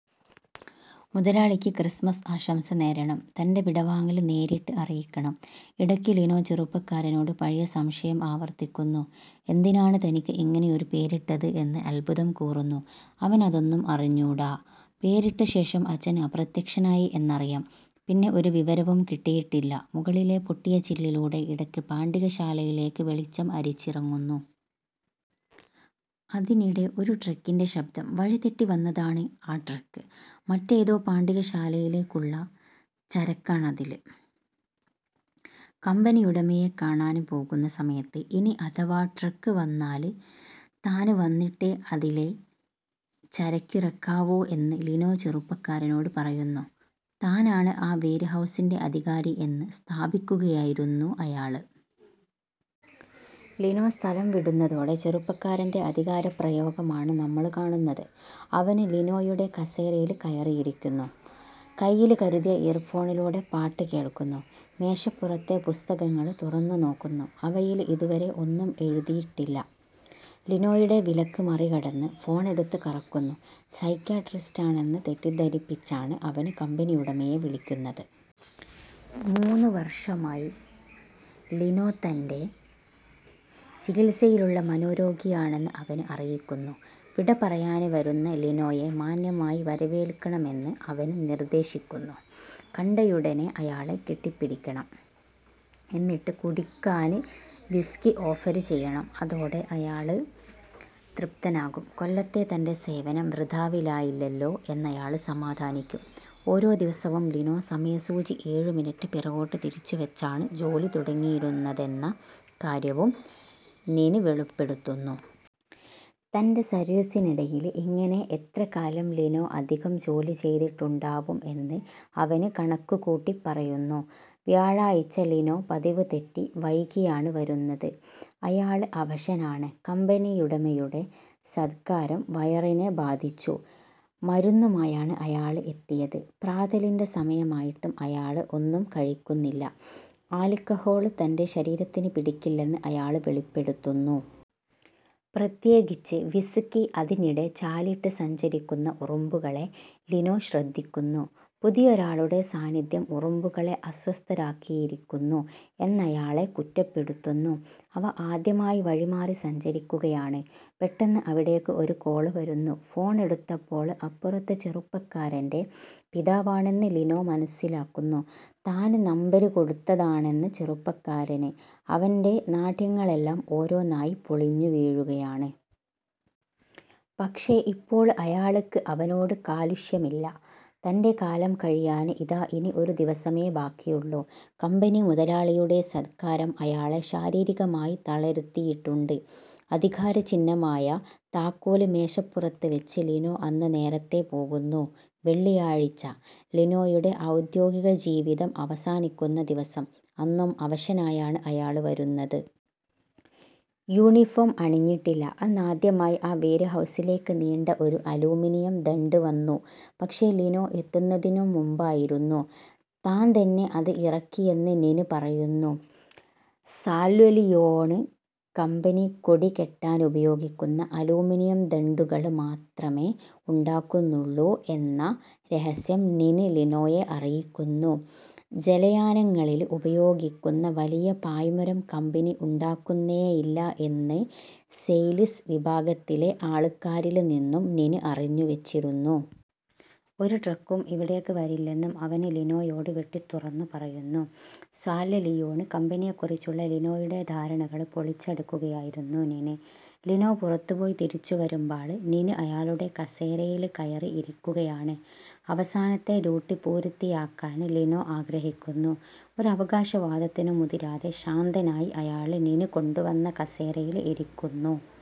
മുതലാളിക്ക് ക്രിസ്മസ് ആശംസ നേരണം. തന്റെ വിടവാങ്ങല് നേരിട്ട് അറിയിക്കണം. ഇടയ്ക്ക് ലിനോ ചെറുപ്പക്കാരനോട് പഴയ സംശയം ആവര്ത്തിക്കുന്നു. എന്തിനാണ് തനിക്ക് ഇങ്ങനെയൊരു പേരിട്ടത് എന്ന് അത്ഭുതം കൂറുന്നു. അവനതൊന്നും അറിഞ്ഞൂടാ. പേരിട്ടശേഷം അച്ഛന് അപ്രത്യക്ഷനായി എന്നറിയാം. പിന്നെ ഒരു വിവരവും കിട്ടിയിട്ടില്ല. മുകളിലെ പൊട്ടിയ ചില്ലിലൂടെ ഇടയ്ക്ക്് പാണ്ടികശാലയിലേക്ക് വെളിച്ചം അരിച്ചിറങ്ങുന്നു. അതിനിടെ ഒരു ട്രക്കിന്റെ ശബ്ദം. വഴി തെറ്റി വന്നതാണ് ആ ട്രക്ക്. മറ്റേതോ പാണ്ടികശാലയിലേക്കുള്ള ചരക്കാണതില്. കമ്പനിയുടമയെ കാണാന് പോകുന്ന സമയത്ത് ഇനി അഥവാ ട്രക്ക് വന്നാല് താന് വന്നിട്ടേ അതിലെ ചരക്കിറക്കാവൂ എന്ന് ലിനോ ചെറുപ്പക്കാരനോട് പറയുന്നു. താനാണ് ആ വേര്ഹൗസിന്റെ അധികാരി എന്ന് സ്ഥാപിക്കുകയായിരുന്നു അയാള്. ലിനോ സ്ഥലം വിടുന്നതോടെ ചെറുപ്പക്കാരന്റെ അധികാരപ്രയോഗമാണ് നമ്മള് കാണുന്നത്. അവന് ലിനോയുടെ കസേരയില് കയറിയിരിക്കുന്നു. കൈയില് കരുതിയ ഇയര്ഫോണിലൂടെ പാട്ടു കേള്ക്കുന്നു. മേശപ്പുറത്തെ പുസ്തകങ്ങള് തുറന്നുനോക്കുന്നു. അവയില് ഇതുവരെ ഒന്നും എഴുതിയിട്ടില്ല. ലിനോയുടെ വിലക്ക് മറികടന്ന് ഫോണെടുത്ത് കറക്കുന്നു. സൈക്യാട്രിസ്റ്റാണെന്ന് തെറ്റിദ്ധരിപ്പിച്ചാണ് അവന് കമ്പനിയുടമയെ വിളിക്കുന്നത്. മൂന്നു വര്ഷമായി ലിനോ തന്റെ ചികിത്സയിലുള്ള മനോരോഗിയാണെന്ന് അവന് അറിയിക്കുന്നു. വിടപറയാന് വരുന്ന ലിനോയെ മാന്യമായി വരവേല്ക്കണമെന്ന് അവന് നിര്ദേശിക്കുന്നു. കണ്ടയുടനെ അയാളെ കെട്ടിപ്പിടിക്കണം. എന്നിട്ട് കുടിക്കാന് വിസ്കി ഓഫര് ചെയ്യണം. അതോടെ, അയാള് തൃപ്തനാകും. കൊല്ലത്തെ തന്റെ സേവനം വൃഥാവിലായില്ലല്ലോ എന്നയാള് സമാധാനിക്കും. ഓരോ ദിവസവും ലിനോ സമയസൂചി ഏഴു മിനിറ്റ് പിറകോട്ട് തിരിച്ചുവെച്ചാണ് ജോലി തുടങ്ങിയിരുന്നതെന്ന കാര്യവും നിന് വെളിപ്പെടുത്തുന്നു. തന്റെ സര്വീസിനിടയില് ഇങ്ങനെ എത്രകാലം ലിനോ അധികം ജോലി ചെയ്തിട്ടുണ്ടാവും എന്ന് അവന് കണക്കുകൂട്ടിപ്പറയുന്നു. വ്യാഴാഴ്ച ലിനോ പതിവുതെറ്റി വൈകിയാണ് വരുന്നത്. അയാള് അവശനാണ്. കമ്പനിയുടമയുടെ സത്ക്കാരം വയറിനെ ബാധിച്ചു. മരുന്നുമായാണ് അയാള് എത്തിയത്. പ്രാതലിന്റെ സമയമായിട്ടും അയാള് ഒന്നും കഴിക്കുന്നില്ല. ആല്ക്കഹോള് തന്റെ ശരീരത്തിന് പിടിക്കില്ലെന്ന് അയാള് വെളിപ്പെടുത്തുന്നു. പ്രത്യേകിച്ച്, വിസ്കി. അതിനിടെ ചാലിട്ട് സഞ്ചരിക്കുന്ന ഉറുമ്പുകളെ ലിനോ ശ്രദ്ധിക്കുന്നു. പുതിയൊരാളുടെ സാന്നിധ്യം ഉറുമ്പുകളെ അസ്വസ്ഥരാക്കിയിരിക്കുന്നു എന്നയാള് കുറ്റപ്പെടുത്തുന്നു. അവ ആദ്യമായി വഴിമാറി സഞ്ചരിക്കുകയാണ്. പെട്ടെന്ന് അവിടേക്ക് ഒരു കോള് വരുന്നു. ഫോണെടുത്തപ്പോള് അപ്പുറത്ത് ചെറുപ്പക്കാരന്റെ പിതാവാണെന്ന് ലിനോ മനസ്സിലാക്കുന്നു. താന് നമ്പര് കൊടുത്തതാണെന്ന് ചെറുപ്പക്കാരന്. അവന്റെ നാട്യങ്ങളെല്ലാം ഓരോന്നായി പൊളിഞ്ഞു വീഴുകയാണ്. പക്ഷേ, ഇപ്പോള് അയാള്ക്ക് അവനോട് കാലുഷ്യമില്ല. തന്റെ കാലം കഴിയാന് ഇതാ ഇനി ഒരു ദിവസമേ ബാക്കിയുള്ളു. കമ്പനി മുതലാളിയുടെ സത്കാരം അയാളെ ശാരീരികമായി തളര്ത്തിയിട്ടുണ്ട്. അധികാരചിഹ്നമായ താക്കോല് മേശപ്പുറത്ത് വെച്ച് ലിനോ അന്ന് നേരത്തേ പോകുന്നു. വെള്ളിയാഴ്ച. ലിനോയുടെ ഔദ്യോഗിക ജീവിതം അവസാനിക്കുന്ന ദിവസം. അന്നും അവശനായാണ് അയാള് വരുന്നത്. യൂണിഫോം അണിഞ്ഞിട്ടില്ല. അന്നാദ്യമായി ആ വേര്ഹൗസിലേക്ക് നീണ്ട ഒരു അലൂമിനിയം ദണ്ഡ് വന്നു. പക്ഷേ, ലിനോ എത്തുന്നതിനും മുമ്പായിരുന്നു. താന്തന്നെ അത് ഇറക്കിയെന്ന് നിന് പറയുന്നു. സാല്വലിയോണ് കമ്പനി കൊടി കെട്ടാനുപയോഗിക്കുന്ന അലൂമിനിയം ദണ്ഡുകള് മാത്രമേ ഉണ്ടാക്കുന്നുള്ളു എന്ന രഹസ്യം നിന് ലിനോയെ അറിയിക്കുന്നു. ജലയാനങ്ങളില് ഉപയോഗിക്കുന്ന വലിയ പായ്മരം കമ്പനി ഉണ്ടാക്കുന്നേയില്ല എന്ന് സെയില്സ് വിഭാഗത്തിലെ ആള്ക്കാരില് നിന്നും നിന് അറിഞ്ഞുവെച്ചിരുന്നു. ഒരു ട്രക്കും ഇവിടേക്ക് വരില്ലെന്നും അവന് ലിനോയോട് വെട്ടിത്തുറന്നു പറയുന്നു. സാല്വലിയോണ് കമ്പനിയെക്കുറിച്ചുള്ള ലിനോയുടെ ധാരണകള് പൊളിച്ചടുക്കുകയായിരുന്നു നിന്. ലിനോ പുറത്തുപോയി തിരിച്ചുവരുമ്പാള് നിന് അയാളുടെ കസേരയില് കയറി ഇരിക്കുകയാണ്. അവസാനത്തെ ഡ്യൂട്ടി പൂര്ത്തിയാക്കാന് ലിനോ ആഗ്രഹിക്കുന്നു. ഒരവകാശവാദത്തിനും മുതിരാതെ ശാന്തനായി അയാള് നിന് കൊണ്ടുവന്ന കസേരയില് ഇരിക്കുന്നു.